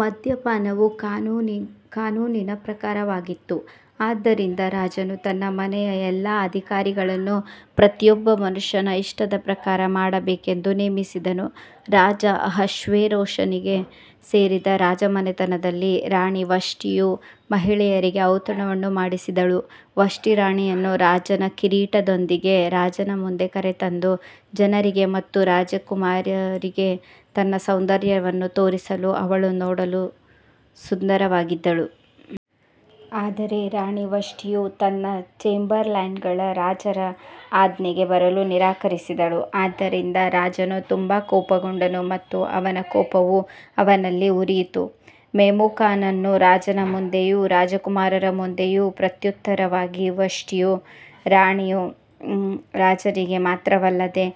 ಮದ್ಯಪಾನವು ಕಾನೂನಿನ ಪ್ರಕಾರವಾಗಿತ್ತು, ಆದ್ದರಿಂದ ರಾಜನು ತನ್ನ ಮನೆಯ ಎಲ್ಲಾ ಅಧಿಕಾರಿಗಳನ್ನು ಪ್ರತಿಯೊಬ್ಬ ಮನುಷ್ಯನ ಇಷ್ಟದ ಪ್ರಕಾರ ಮಾಡಬೇಕೆಂದು ನೇಮಿಸಿದನು. ರಾಜ ಅಹಷ್ವೇರೋಷನಿಗೆ ಸೇರಿದ ರಾಜಮನೆತನದಲ್ಲಿ ರಾಣಿ ವಷ್ಟಿಯು ಮಹಿಳೆಯರಿಗೆ ಔತಣವನ್ನು ಮಾಡಿದಳು. ವಷ್ಟಿ ರಾಣಿಯನ್ನು ರಾಜನ ಕಿರೀಟದೊಂದಿಗೆ ರಾಜನ ಮುಂದೆ ಕರೆತಂದು ಜನರಿಗೆ ಮತ್ತು ರಾಜಕುಮಾರರಿಗೆ ತನ್ನ ಸೌಂದರ್ಯವನ್ನು ತೋರಿಸಲು ಅವಳು ನೋಡಲು ಸುಂದರವಾಗಿದ್ದಳು. ಆದರೆ ರಾಣಿ ವಷ್ಟಿಯು ತನ್ನ ಚೇಂಬರ್ಲೈನ್ಗಳ ರಾಜರ ಆಜ್ಞೆಗೆ ಬರಲು ನಿರಾಕರಿಸಿದಳು, ಆದ್ದರಿಂದ ರಾಜನು ತುಂಬಾ ಕೋಪಗೊಂಡನು ಮತ್ತು ಅವನ ಕೋಪವು ಅವನಲ್ಲಿ ಉರಿಯಿತು. ಮೆಮುಕಾನನು ರಾಜನ ಮುಂದೆಯೂ ರಾಜಕುಮಾರರ ಮುಂದೆಯೂ ಪ್ರತ್ಯುತ್ತರವಾಗಿ ವಷ್ಟಿಯು ರಾಣಿಯು ರಾಜನಿಗೆ ಮಾತ್ರವಲ್ಲದೆ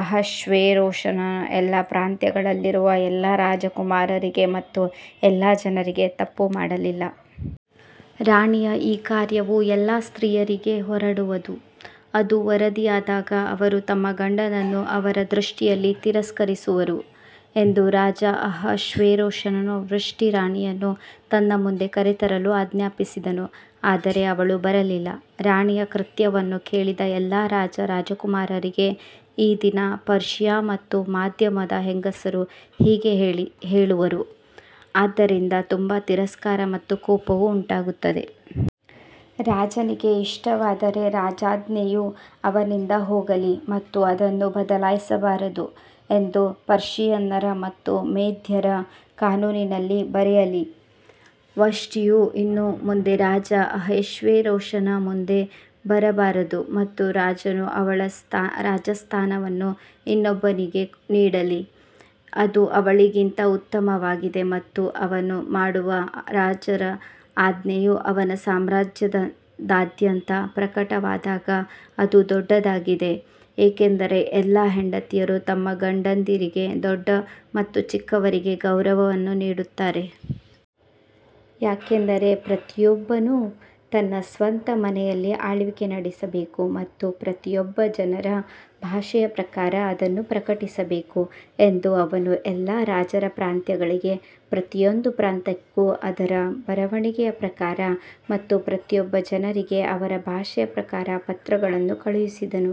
ಅಹಷ್ವೇರೋಷನ ಎಲ್ಲಾ ಪ್ರಾಂತ್ಯಗಳಲ್ಲಿರುವ ಎಲ್ಲಾ ರಾಜಕುಮಾರರಿಗೆ ಮತ್ತು ಎಲ್ಲಾ ಜನರಿಗೆ ತಪ್ಪು ಮಾಡಲಿಲ್ಲ. ರಾಣಿಯ ಈ ಕಾರ್ಯವು ಎಲ್ಲಾ ಸ್ತ್ರೀಯರಿಗೆ ಹೊರಡುವದು, ಅದು ವರದಿಯಾದಾಗ ಅವರು ತಮ್ಮ ಗಂಡನನ್ನು ಅವರ ದೃಷ್ಟಿಯಲ್ಲಿ ತಿರಸ್ಕರಿಸುವರು ಎಂದು ರಾಜ ಅಹಷ್ವೇರೋಷನು ವಷ್ಟಿ ರಾಣಿಯನ್ನು ತನ್ನ ಮುಂದೆ ಕರೆತರಲು ಆಜ್ಞಾಪಿಸಿದನು ಆದರೆ ಅವಳು ಬರಲಿಲ್ಲ. ರಾಣಿಯ ಕೃತ್ಯವನ್ನು ಕೇಳಿದ ಎಲ್ಲಾ ರಾಜ ರಾಜಕುಮಾರರಿಗೆ ಈ ದಿನ ಪರ್ಷಿಯಾ ಮತ್ತು ಮಾಧ್ಯಮದ ಹೆಂಗಸರು ಹೀಗೆ ಹೇಳುವರು, ಆದ್ದರಿಂದ ತುಂಬಾ ತಿರಸ್ಕಾರ ಮತ್ತು ಕೋಪವು ಉಂಟಾಗುತ್ತದೆ. ರಾಜನಿಗೆ ಇಷ್ಟವಾದರೆ ರಾಜಾಜ್ಞೆಯು ಅವನಿಂದ ಹೋಗಲಿ ಮತ್ತು ಅದನ್ನು ಬದಲಾಯಿಸಬಾರದು ಎಂದು ಪರ್ಷಿಯನ್ನರ ಮತ್ತು ಮೇದ್ಯರ ಕಾನೂನಿನಲ್ಲಿ ಬರೆಯಲಿ, ವಷ್ಟಿಯು ಇನ್ನು ಮುಂದೆ ರಾಜ ಅಹಷ್ವೇರೋಷನ ಮುಂದೆ ಬರಬಾರದು ಮತ್ತು ರಾಜನು ಅವಳ ರಾಜಸ್ಥಾನವನ್ನು ಇನ್ನೊಬ್ಬನಿಗೆ ನೀಡಲಿ. ಅದು ಅವಳಿಗಿಂತ ಉತ್ತಮವಾಗಿದೆ ಮತ್ತು ಅವನು ಮಾಡುವ ರಾಜರ ಆಜ್ಞೆಯು ಅವನ ಸಾಮ್ರಾಜ್ಯದಾದ್ಯಂತ ಪ್ರಕಟವಾದಾಗ ಅದು ದೊಡ್ಡದಾಗಿದೆ, ಏಕೆಂದರೆ ಎಲ್ಲಾ ಹೆಂಡತಿಯರು ತಮ್ಮ ಗಂಡಂದಿರಿಗೆ ದೊಡ್ಡ ಮತ್ತು ಚಿಕ್ಕವರಿಗೆ ಗೌರವವನ್ನು ನೀಡುತ್ತಾರೆ. ಯಾಕಂದರೆ ಪ್ರತಿಯೊಬ್ಬನು ತನ್ನ ಸ್ವಂತ ಮನೆಯಲ್ಲಿ ಆಳ್ವಿಕೆ ನಡೆಸಬೇಕು ಮತ್ತು ಪ್ರತಿಯೊಬ್ಬ ಜನರ ಭಾಷೆಯ ಪ್ರಕಾರ ಅದನ್ನು ಪ್ರಕಟಿಸಬೇಕು ಎಂದು ಅವನು ಎಲ್ಲಾ ರಾಜರ ಪ್ರಾಂತ್ಯಗಳಿಗೆ ಪ್ರತಿಯೊಂದು ಪ್ರಾಂತ್ಯಕ್ಕೂ ಅದರ ಬರವಣಿಗೆಯ ಪ್ರಕಾರ ಮತ್ತು ಪ್ರತಿಯೊಬ್ಬ ಜನರಿಗೆ ಅವರ ಭಾಷೆಯ ಪ್ರಕಾರ ಪತ್ರಗಳನ್ನು ಕಳುಹಿಸಿದನು.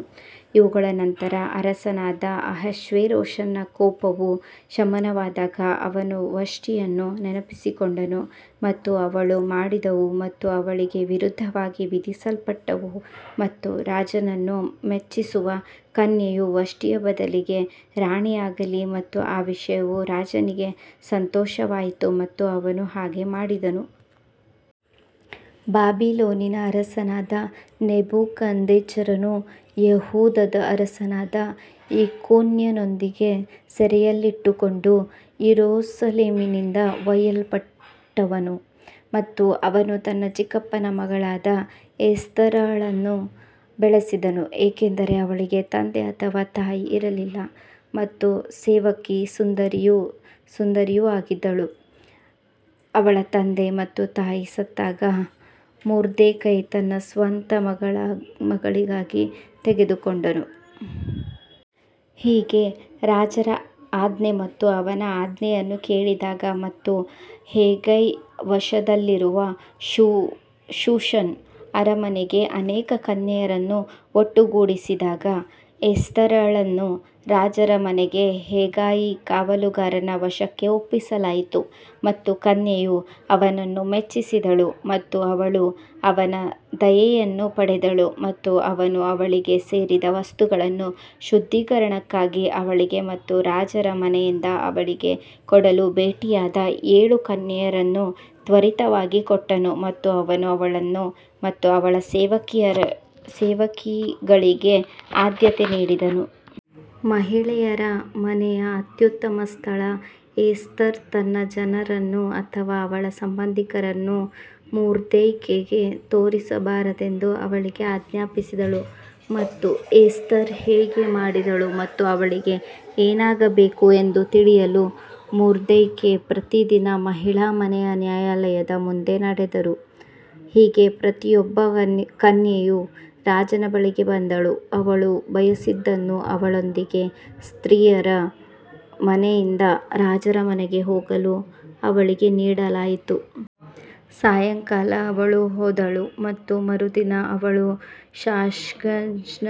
ಇವುಗಳ ನಂತರ ಅರಸನಾದ ಅಹಷ್ವೇರೋಷನ ಕೋಪವು ಶಮನವಾದಾಗ ಅವನು ವಷ್ಟಿಯನ್ನು ನೆನಪಿಸಿಕೊಂಡನು ಮತ್ತು ಅವಳು ಮಾಡಿದವು ಮತ್ತು ಅವಳಿಗೆ ವಿರುದ್ಧವಾಗಿ ವಿಧಿಸಲ್ಪಟ್ಟವು ಮತ್ತು ರಾಜನನ್ನು ಮೆಚ್ಚಿಸುವ ಕನ್ಯೆಯು ವಷ್ಟಿಯ ಬದಲಿಗೆ ರಾಣಿಯಾಗಲಿ ಮತ್ತು ಆ ವಿಷಯವು ರಾಜನಿಗೆ ಸಂತೋಷವಾಯಿತು ಮತ್ತು ಅವನು ಹಾಗೆ ಮಾಡಿದನು. ಬಾಬಿಲೋನಿನ ಅರಸನಾದ ನೆಬೂಕದ್ನೆಚ್ಚರನು ಯೆಹೂದದ ಅರಸನಾದ ಯೆಕೊನ್ಯನೊಂದಿಗೆ ಸೆರೆಯಲ್ಲಿಟ್ಟುಕೊಂಡು ಯೆರೂಸಲೇಮಿನಿಂದ ಒಯ್ಯಲ್ಪಟ್ಟವನು ಮತ್ತು ಅವನು ತನ್ನ ಚಿಕ್ಕಪ್ಪನ ಮಗಳಾದ ಎಸ್ತೇರಳನ್ನು ಬೆಳೆಸಿದನು, ಏಕೆಂದರೆ ಅವಳಿಗೆ ತಂದೆ ಅಥವಾ ತಾಯಿ ಇರಲಿಲ್ಲ ಮತ್ತು ಸೇವಕಿ ಸುಂದರಿಯೂ ಸುಂದರಿಯೂ ಆಗಿದ್ದಳು, ಅವಳ ತಂದೆ ಮತ್ತು ತಾಯಿ ಸತ್ತಾಗ ಮೊರ್ದೆಕೈ ತನ್ನ ಸ್ವಂತ ಮಗಳಿಗಾಗಿ ತೆಗೆದುಕೊಂಡನು. ಹೀಗೆ ರಾಜರ ಆಜ್ಞೆ ಮತ್ತು ಅವನ ಆಜ್ಞೆಯನ್ನು ಕೇಳಿದಾಗ ಮತ್ತು ಹೆಗೈಯ ವಶದಲ್ಲಿರುವ ಶೂಷನ್ ಅರಮನೆಗೆ ಅನೇಕ ಕನ್ಯೆಯರನ್ನು ಒಟ್ಟುಗೂಡಿಸಿದಾಗ ಎಸ್ತೇರಳನ್ನೂ ರಾಜರ ಮನೆಗೆ ಹೆಗಾಯಿ ಕಾವಲುಗಾರನ ವಶಕ್ಕೆ ಒಪ್ಪಿಸಲಾಯಿತು. ಮತ್ತು ಕನ್ಯೆಯು ಅವನನ್ನು ಮೆಚ್ಚಿಸಿದಳು ಮತ್ತು ಅವಳು ಅವನ ದಯೆಯನ್ನು ಪಡೆದಳು ಮತ್ತು ಅವನು ಅವಳಿಗೆ ಸೇರಿದ ವಸ್ತುಗಳನ್ನು ಶುದ್ಧೀಕರಣಕ್ಕಾಗಿ ಅವಳಿಗೆ ಮತ್ತು ರಾಜರ ಮನೆಯಿಂದ ಅವಳಿಗೆ ಕೊಡಲು ಭೇಟಿಯಾದ ಏಳು ಕನ್ಯೆಯರನ್ನು ತ್ವರಿತವಾಗಿ ಕೊಟ್ಟನು ಮತ್ತು ಅವನು ಅವಳನ್ನು ಮತ್ತು ಅವಳ ಸೇವಕಿಗಳಿಗೆ ಆದ್ಯತೆ ನೀಡಿದನು. ಮಹಿಳೆಯರ ಮನೆಯ ಅತ್ಯುತ್ತಮ ಸ್ಥಳ ಎಸ್ತರ್ ತನ್ನ ಜನರನ್ನು ಅಥವಾ ಅವಳ ಸಂಬಂಧಿಕರನ್ನು ಮೊರ್ದೆಕೈಗೆ ತೋರಿಸಬಾರದೆಂದು ಅವಳಿಗೆ ಆಜ್ಞಾಪಿಸಿದಳು. ಮತ್ತು ಎಸ್ತರ್ ಹೇಗೆ ಮಾಡಿದಳು ಮತ್ತು ಅವಳಿಗೆ ಏನಾಗಬೇಕು ಎಂದು ತಿಳಿಯಲು ಮೊರ್ದೆಕೈ ಪ್ರತಿದಿನ ಮಹಿಳಾ ಮನೆಯ ನ್ಯಾಯಾಲಯದ ಮುಂದೆ ನಡೆದರು. ಹೀಗೆ ಪ್ರತಿಯೊಬ್ಬ ಕನ್ಯೆಯು ರಾಜನ ಬಳಿಗೆ ಬಂದಳು, ಅವಳು ಬಯಸಿದ್ದನ್ನು ಅವಳೊಂದಿಗೆ ಸ್ತ್ರೀಯರ ಮನೆಯಿಂದ ರಾಜರ ಮನೆಗೆ ಹೋಗಲು ಅವಳಿಗೆ ನೀಡಲಾಯಿತು. ಸಾಯಂಕಾಲ ಅವಳು ಹೋದಳು ಮತ್ತು ಮರುದಿನ ಅವಳು ಶಾಶ್ಗಜ್ನ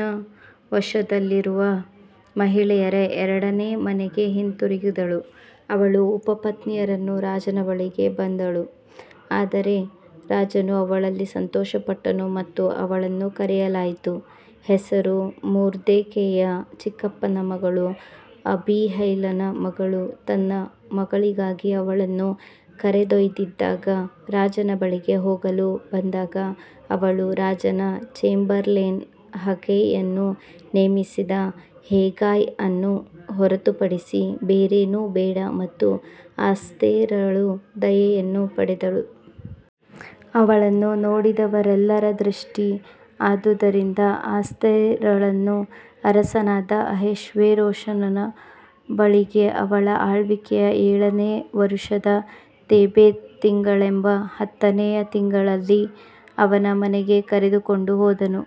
ವಶದಲ್ಲಿರುವ ಮಹಿಳೆಯರ ಎರಡನೇ ಮನೆಗೆ ಹಿಂದಿರುಗಿದಳು, ಅವಳು ಉಪಪತ್ನಿಯರನ್ನು ರಾಜನ ಬಳಿಗೆ ಬಂದಳು, ಆದರೆ ರಾಜನು ಅವಳಲ್ಲಿ ಸಂತೋಷಪಟ್ಟನು ಮತ್ತು ಅವಳನ್ನು ಕರೆಯಲಾಯಿತು. ಹೆಸರು ಮೊರ್ದೆಕೈಯ ಚಿಕ್ಕಪ್ಪನ ಮಗಳು ಅಬೀಹೈಲನ ಮಗಳು ತನ್ನ ಮಗಳಿಗಾಗಿ ಅವಳನ್ನು ಕರೆದೊಯ್ದಿದ್ದಾಗ ರಾಜನ ಬಳಿಗೆ ಹೋಗಲು ಬಂದಾಗ ಅವಳು ರಾಜನ ಚೇಂಬರ್ಲೇನ್ ಹೆಗೈಯನ್ನು ನೇಮಿಸಿದ ಹೆಗಾಯ್ ಅನ್ನು ಹೊರತುಪಡಿಸಿ ಬೇರೇನೂ ಬೇಡ ಮತ್ತು ಎಸ್ತೇರಳು ದಯೆಯನ್ನು ಪಡೆದರು. ಅವಳನ್ನು ನೋಡಿದವರೆಲ್ಲರ ದೃಷ್ಟಿ ಆದುದರಿಂದ ಎಸ್ತೇರಳನ್ನು ಅರಸನಾದ ಅಹಷ್ವೇರೋಷನ ಬಳಿಗೆ ಅವನ ಆಳ್ವಿಕೆಯ ಏಳನೆಯ ವರುಷದ ತೇಬೆತ್ ತಿಂಗಳೆಂಬ ಹತ್ತನೆಯ ತಿಂಗಳಿನಲ್ಲಿ ಅವನ ಮನೆಗೆ ಕರೆದುಕೊಂಡು ಹೋದನು.